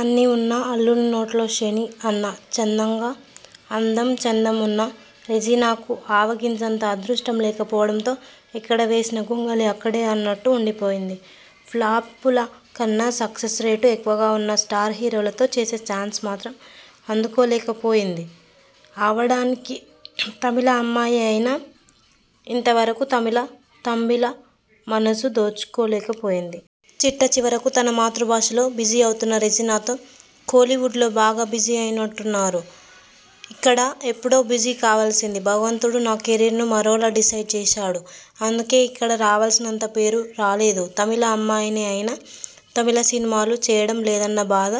అన్నీ ఉన్నా అల్లుడు నోట్లో శని' అన్న చందంగా, అందం చందం ఉన్న రెజీనాకు ఆవగింజంత అదృష్టం లేకపోవడంతో 'ఎక్కడ వేసిన గొంగళి అక్కడే' అన్నట్టు ఉండిపోయింది. ఫ్లాపుల కన్నా సక్సెస్ రేటు ఎక్కువగా ఉన్నా స్టార్ హీరోలతో చేసే ఛాన్స్ మాత్రం అందుకోలేకపోయింది. అవడానికి తమిళ అమ్మాయే అయినా ఇంత వరకూ తమిళ తంబిల మనసు దోచుకోలేకపోయింది. చిట్టచివరకు తన మాతృభాషలో బిజీ అవుతున్న రెజీనాతో కోలీవుడ్లో బాగా బిజీ అయినట్టున్నారు? ఇక్కడ ఎప్పుడో బిజీ కావలసింది. భగవంతుడు నా కెరీర్ను మరోలా డిసైడ్ చేశాడు. అందుకే ఇక్కడ రావలసినంత పేరు రాలేదు. తమిళ అమ్మాయినే అయినా తమిళ సినిమాలు చేయడం లేదన్న బాధ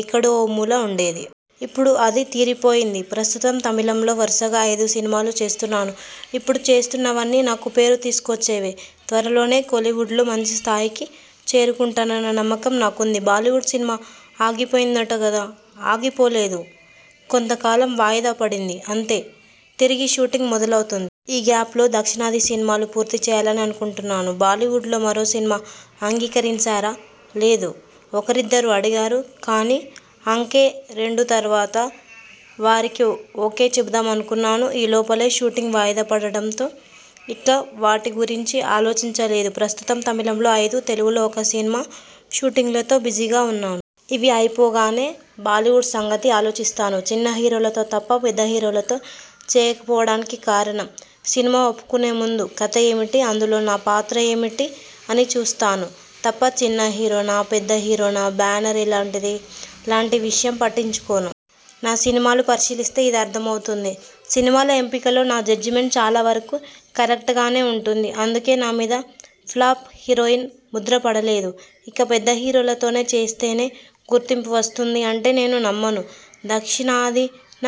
ఎక్కడో ఓ మూల ఉండేది. ఇప్పుడు అది తీరిపోయింది. ప్రస్తుతం తమిళంలో వరుసగా ఐదు సినిమాలు చేస్తున్నాను. ఇప్పుడు చేస్తున్నవన్నీ నాకు పేరు తీసుకొచ్చేవే! త్వరలోనే కోలీవుడ్లో మంచి స్థాయికి చేరుకుంటానన్న నమ్మకం నాకుంది. బాలీవుడ్ సినిమా ఆగిపోయిందట కదా? ఆగిపోలేదు. కొంత కాలం వాయిదా పడింది అంతే! తిరిగి షూటింగ్ మొదలవుతుంది. ఈ గ్యాప్లో దక్షిణాది సినిమాలు పూర్తి చేయాలని అనుకుంటున్నాను. బాలీవుడ్లో మరో సినిమా అంగీకరించారా? లేదు. ఒకరిద్దరు అడిగారు. కానీ 'ఆంఖే రెండు' తరువాత వారికి ఓకే చెబుదామనుకున్నాను. ఈ లోపలే షూటింగ్ వాయిదా పడడంతో ఇక వాటి గురించి ఆలోచించలేదు. ప్రస్తుతం తమిళంలో ఐదు, తెలుగులో ఒక సినిమా షూటింగ్లతో బిజీగా ఉన్నాను. ఇవి అయిపోయాగానే బాలీవుడ్ సంగతి ఆలోచిస్తాను. చిన్న హీరోలతో తప్ప పెద్ద హీరోలతో చేయకపోవడానికి కారణం? సినిమా ఒప్పుకునే ముందు కథ ఏమిటి? అందులో నా పాత్ర ఏమిటి? అని చూస్తాను తప్ప చిన్న హీరోనా? పెద్ద హీరోనా? బ్యానర్ ఎలాంటిది లాంటి విషయం పట్టించుకోను. నా సినిమాలు పరిశీలిస్తే ఇది అర్ధమవుతుంది. సినిమాల ఎంపికలో నా జడ్జిమెంట్ చాలా వరకూ కరెక్ట్గానే ఉంటుంది. అందుకే నా మీద ఫ్లాప్ హీరోయిన్ ముద్ర పడలేదు. ఇక పెద్ద హీరోలతోనే చేస్తేనే గుర్తింపు వస్తుంది అంటే నేను నమ్మను. దక్షిణాదిన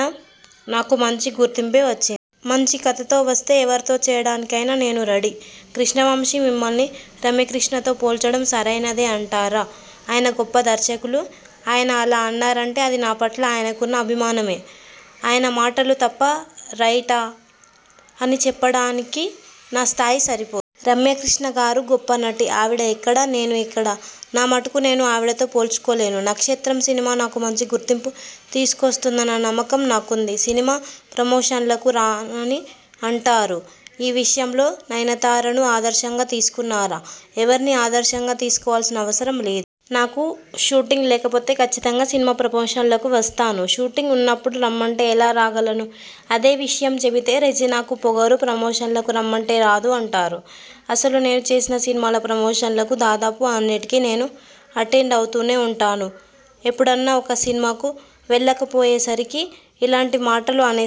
నాకు మంచి గుర్తింపే వచ్చింది. మంచి కథతో వస్తే ఎవరితో చేయడానికి అయినా నేను రెడీ! కృష్ణవంశీ మిమ్మల్ని రమ్యకృష్ణతో పోల్చడం సరైనదే అంటారా? ఆయన గొప్ప దర్శకులు. ఆయన అలా అన్నారంటే అది నా పట్ల ఆయనకున్న అభిమానమే. ఆయన మాటలు తప్పా, రైటా అని చెప్పడానికి నా స్థాయి సరిపోదు. రమ్యకృష్ణగారు గొప్ప నటి. ఆవిడ ఎక్కడ? నేను ఎక్కడ? నా మటుకు నేను ఆవిడతో పోల్చుకోలేను. 'నక్షత్రం' సినిమా నాకు మంచి గుర్తింపు తీసుకొస్తుందన్న నమ్మకం నాకుంది. సినిమా ప్రమోషన్లకు రారని అంటారు. ఈ విషయంలో నయనతారను ఆదర్శంగా తీసుకున్నారా? ఎవరినీ ఆదర్శంగా తీసుకోవలసిన అవసరం లేదు. నాకు షూటింగ్ లేకపోతే కచ్చితంగా సినిమా ప్రమోషన్లకు వస్తాను. షూటింగ్ ఉన్నప్పుడు రమ్మంటే ఎలా రాగలను? అదే విషయం చెబితే రెజీనాకు పొగరు. ప్రమోషన్లకు రమ్మంటే రాదు అంటారు. అసలు నేను చేసిన సినిమాల ప్రమోషన్లకు దాదాపు అన్నిటికీ నేను అటెండ్ అవుతూనే ఉంటాను. ఎప్పుడన్నా ఒక్క సినిమాకు వెళ్ళకపోయేసరికి ఇలాంటి మాటలు అనే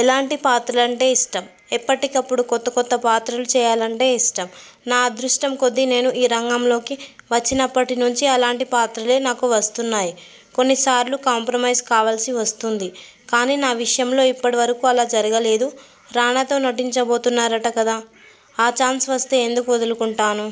ఎలాంటి పాత్రలంటే ఇష్టం? ఎప్పటికప్పుడు కొత్త కొత్త పాత్రలు చేయాలంటే ఇష్టం. నా అదృష్టం కొద్దీ నేను ఈ రంగంలోకి వచ్చినప్పటి నుంచి అలాంటి పాత్రలే నాకు వస్తున్నాయి. కొన్నిసార్లు కాంప్రమైజ్ కావలసి వస్తుంది. కానీ నా విషయంలో ఇప్పటి వరకూ అలా జరగలేదు. రానాతో నటించబోతున్నారట కదా? ఆ ఛాన్స్ వస్తే ఎందుకు వదులుకుంటాను?